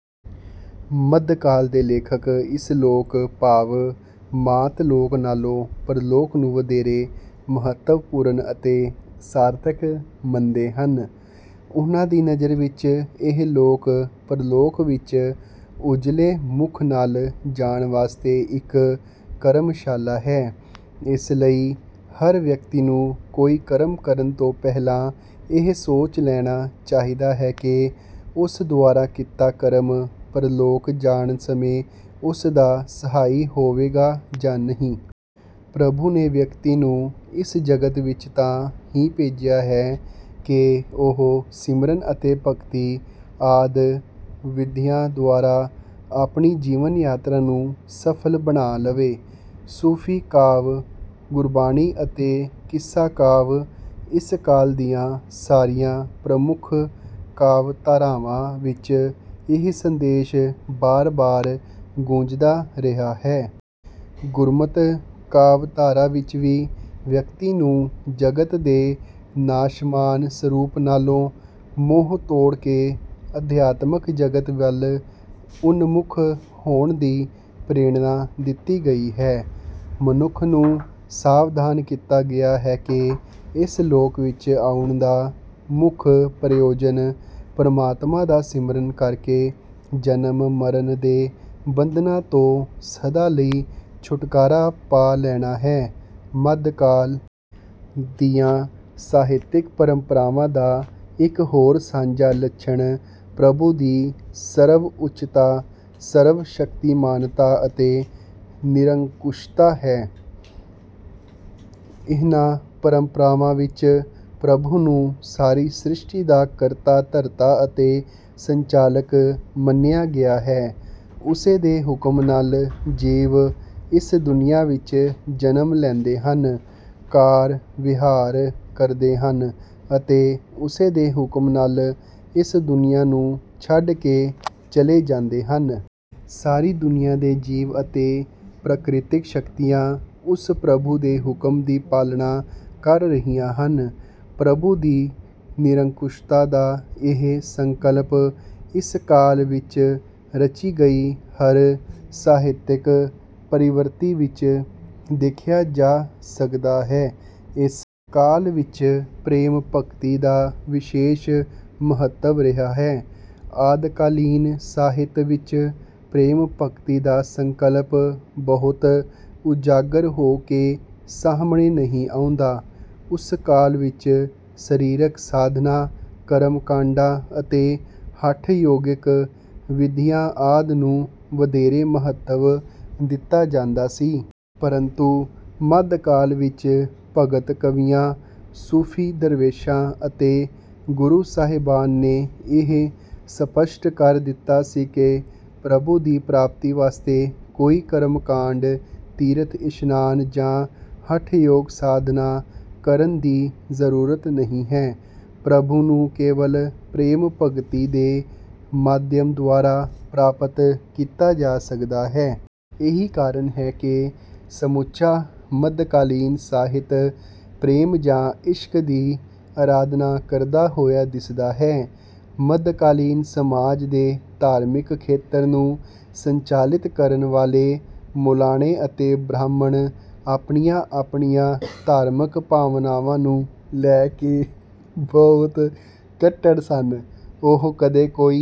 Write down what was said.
ਮੱਧਕਾਲ ਦੇ ਲੇਖਕ ਇਸ ਲੋਕ, ਭਾਵ ਮਾਤ-ਲੋਕ ਨਾਲੋਂ ਪਰਲੋਕ ਨੂੰ ਵਧੇਰੇ ਮਹੱਤਵਪੂਰਨ ਅਤੇ ਸਾਰਥਿਕ ਮੰਨਦੇ ਹਨ। ਉਨ੍ਹਾਂ ਦੀ ਨਜ਼ਰ ਵਿੱਚ ਇਹ ਲੋਕ ਪਰਲੋਕ ਵਿੱਚ ਉਜਲੇ ਮੁੱਖ ਨਾਲ ਜਾਣ ਵਾਸਤੇ ਇੱਕ ਕਰਮਸ਼ਾਲਾ ਹੈ। ਇਸ ਲਈ ਹਰ ਵਿਅਕਤੀ ਨੂੰ ਕੋਈ ਕਰਮ ਕਰਨ ਤੋਂ ਪਹਿਲਾਂ ਇਹ ਸੋਚ ਲੈਣਾ ਚਾਹੀਦਾ ਹੈ ਕਿ ਉਸ ਦੁਆਰਾ ਕੀਤਾ ਕਰਮ ਪਰਲੋਕ ਜਾਣ ਸਮੇਂ ਉਸ ਦਾ ਸਹਾਈ ਹੋਵੇਗਾ ਜਾਂ ਨਹੀਂ। ਪ੍ਰਭੂ ਨੇ ਵਿਅਕਤੀ ਨੂੰ ਇਸ ਜਗਤ ਵਿੱਚ ਤਾਂ ਹੀ ਭੇਜਿਆ ਹੈ ਕਿ ਉਹ ਸਿਮਰਨ ਅਤੇ ਭਗਤੀ ਆਦਿ ਵਿਧੀਆਂ ਦੁਆਰਾ ਆਪਣੀ ਜੀਵਨ-ਯਾਤਰਾ ਨੂੰ ਸਫ਼ਲ ਬਣਾ ਲਵੇ। ਸੂਫ਼ੀ ਕਾਵਿ, ਗੁਰਬਾਣੀ ਅਤੇ ਕਿੱਸਾ ਕਾਵਿ—ਇਸ ਕਾਲ ਦੀਆਂ ਸਾਰੀਆਂ ਪ੍ਰਮੁੱਖ ਕਾਵਿ-ਧਾਰਾਵਾਂ ਵਿੱਚ ਇਹੀ ਸੰਦੇਸ਼ ਬਾਰ-ਬਾਰ ਗੂੰਜਦਾ ਰਿਹਾ ਹੈ। ਗੁਰਮਤਿ ਕਾਵਿ-ਧਾਰਾ ਵਿੱਚ ਵੀ ਵਿਅਕਤੀ ਨੂੰ ਜਗਤ ਦੇ ਨਾਸ਼ਮਾਨ ਸਰੂਪ ਨਾਲੋਂ ਮੋਹ ਤੋੜ ਕੇ ਅਧਿਆਤਮਕ ਜਗਤ ਵੱਲ ਉਨਮੁੱਖ ਹੋਣ ਦੀ ਪ੍ਰੇਰਣਾ ਦਿੱਤੀ ਗਈ ਹੈ। ਮਨੁੱਖ ਨੂੰ ਸਾਵਧਾਨ ਕੀਤਾ ਗਿਆ ਹੈ ਕਿ ਇਸ ਲੋਕ ਵਿੱਚ ਆਉਣ ਦਾ ਮੁੱਖ ਪ੍ਰਯੋਜਨ ਪ੍ਰਮਾਤਮਾ ਦਾ ਸਿਮਰਨ ਕਰਕੇ ਜਨਮ-ਮਰਨ ਦੇ ਬੰਧਨਾਂ ਤੋਂ ਸਦਾ ਲਈ ਛੁਟਕਾਰਾ ਪਾ ਲੈਣਾ ਹੈ। ਮੱਧਕਾਲ ਦੀਆਂ ਸਾਹਿਤਿਕ ਪਰੰਪਰਾਵਾਂ ਦਾ ਇੱਕ ਹੋਰ ਸਾਂਝਾ ਲੱਛਣ ਪ੍ਰਭੂ ਦੀ ਸਰਵਉੱਚਤਾ, ਸਰਵ-ਸ਼ਕਤੀਮਾਨਤਾ ਅਤੇ ਨਿਰੰਕੁਸ਼ਤਾ ਹੈ। ਇਨ੍ਹਾਂ ਪਰੰਪਰਾਵਾਂ ਵਿੱਚ ਪ੍ਰਭੂ ਨੂੰ ਸਾਰੀ ਸ੍ਰਿਸ਼ਟੀ ਦਾ ਕਰਤਾ-ਧਰਤਾ ਅਤੇ ਸੰਚਾਲਕ ਮੰਨਿਆ ਗਿਆ ਹੈ। ਉਸੇ ਦੇ ਹੁਕਮ ਨਾਲ ਜੀਵ ਇਸ ਦੁਨੀਆਂ ਵਿੱਚ ਜਨਮ ਲੈਂਦੇ ਹਨ, ਕਾਰ-ਵਿਹਾਰ ਕਰਦੇ ਹਨ ਅਤੇ ਉਸੇ ਦੇ ਹੁਕਮ ਨਾਲ ਇਸ ਦੁਨੀਆਂ ਨੂੰ ਛੱਡ ਕੇ ਚਲੇ ਜਾਂਦੇ ਹਨ। ਸਾਰੀ ਦੁਨੀਆਂ ਦੇ ਜੀਵ ਅਤੇ ਪ੍ਰਕ੍ਰਿਤਕ ਸ਼ਕਤੀਆਂ ਉਸ ਪ੍ਰਭੂ ਦੇ ਹੁਕਮ ਦੀ ਪਾਲਣਾ ਕਰ ਰਹੀਆਂ ਹਨ। ਪ੍ਰਭੂ ਦੀ ਨਿਰੰਕੁਸ਼ਤਾ ਦਾ ਇਹ ਸੰਕਲਪ ਇਸ ਕਾਲ ਵਿੱਚ ਰਚੀ ਗਈ ਹਰ ਸਾਹਿਤਕ ਪ੍ਰਵਿਰਤੀ ਵਿੱਚ ਦੇਖਿਆ ਜਾ ਸਕਦਾ ਹੈ। ਇਸ ਕਾਲ ਵਿੱਚ ਪ੍ਰੇਮ-ਭਗਤੀ ਦਾ ਵਿਸ਼ੇਸ਼ ਮਹੱਤਵ ਰਿਹਾ ਹੈ। ਆਦਿਕਾਲੀਨ ਸਾਹਿਤ ਵਿੱਚ ਪ੍ਰੇਮ-ਭਗਤੀ ਦਾ ਸੰਕਲਪ ਬਹੁਤਾ ਉਜਾਗਰ ਹੋ ਕੇ ਸਾਹਮਣੇ ਨਹੀਂ ਆਉਂਦਾ। ਉਸ ਕਾਲ ਵਿੱਚ ਸਰੀਰਕ ਸਾਧਨਾਂ, ਕਰਮ-ਕਾਂਡਾਂ ਅਤੇ ਹਠ-ਯੋਗਿਕ ਵਿਧੀਆਂ ਆਦਿ ਨੂੰ ਵਧੇਰੇ ਮਹੱਤਵ ਦਿੱਤਾ ਜਾਂਦਾ ਸੀ। ਪਰੰਤੂ ਮੱਧਕਾਲ ਵਿੱਚ ਭਗਤ ਕਵੀਆਂ, ਸੂਫ਼ੀ ਦਰਵੇਸ਼ਾਂ ਅਤੇ ਗੁਰੂ ਸਾਹਿਬਾਨ ਨੇ ਇਹ ਸਪਸ਼ਟ ਕਰ ਦਿੱਤਾ ਸੀ ਕਿ ਪ੍ਰਭੂ ਦੀ ਪ੍ਰਾਪਤੀ ਵਾਸਤੇ ਕੋਈ ਕਰਮ-ਕਾਂਡ, ਤੀਰਥ-ਇਸ਼ਨਾਨ ਜਾਂ ਹਠਯੋਗ-ਸਾਧਨਾ ਕਰਨ ਦੀ ਜ਼ਰੂਰਤ ਨਹੀਂ ਹੈ। ਪ੍ਰਭੂ ਨੂੰ ਕੇਵਲ ਪ੍ਰੇਮ-ਭਗਤੀ ਦੇ ਮਾਧਿਅਮ ਦੁਆਰਾ ਪ੍ਰਾਪਤ ਕੀਤਾ ਜਾ ਸਕਦਾ ਹੈ। ਇਹੀ ਕਾਰਨ ਹੈ ਕਿ ਸਮੁੱਚਾ ਮੱਧਕਾਲੀਨ ਸਾਹਿਤ ਪ੍ਰੇਮ ਜਾਂ ਇਸ਼ਕ ਦੀ ਅਰਾਧਨਾ ਕਰਦਾ ਹੋਇਆ ਦਿਸਦਾ ਹੈ। ਮੱਧਕਾਲੀਨ ਸਮਾਜ ਦੇ ਧਾਰਮਿਕ ਖੇਤਰ ਨੂੰ ਸੰਚਾਲਿਤ ਕਰਨ ਵਾਲੇ ਮੌਲਾਣੇ ਅਤੇ ਬ੍ਰਾਹਮਣ ਆਪਣੀਆਂ-ਆਪਣੀਆਂ ਧਾਰਮਿਕ ਭਾਵਨਾਵਾਂ ਨੂੰ ਲੈ ਕੇ ਬਹੁਤ ਕੱਟੜ ਸਨ। ਉਹ ਕਦੇ ਕੋਈ...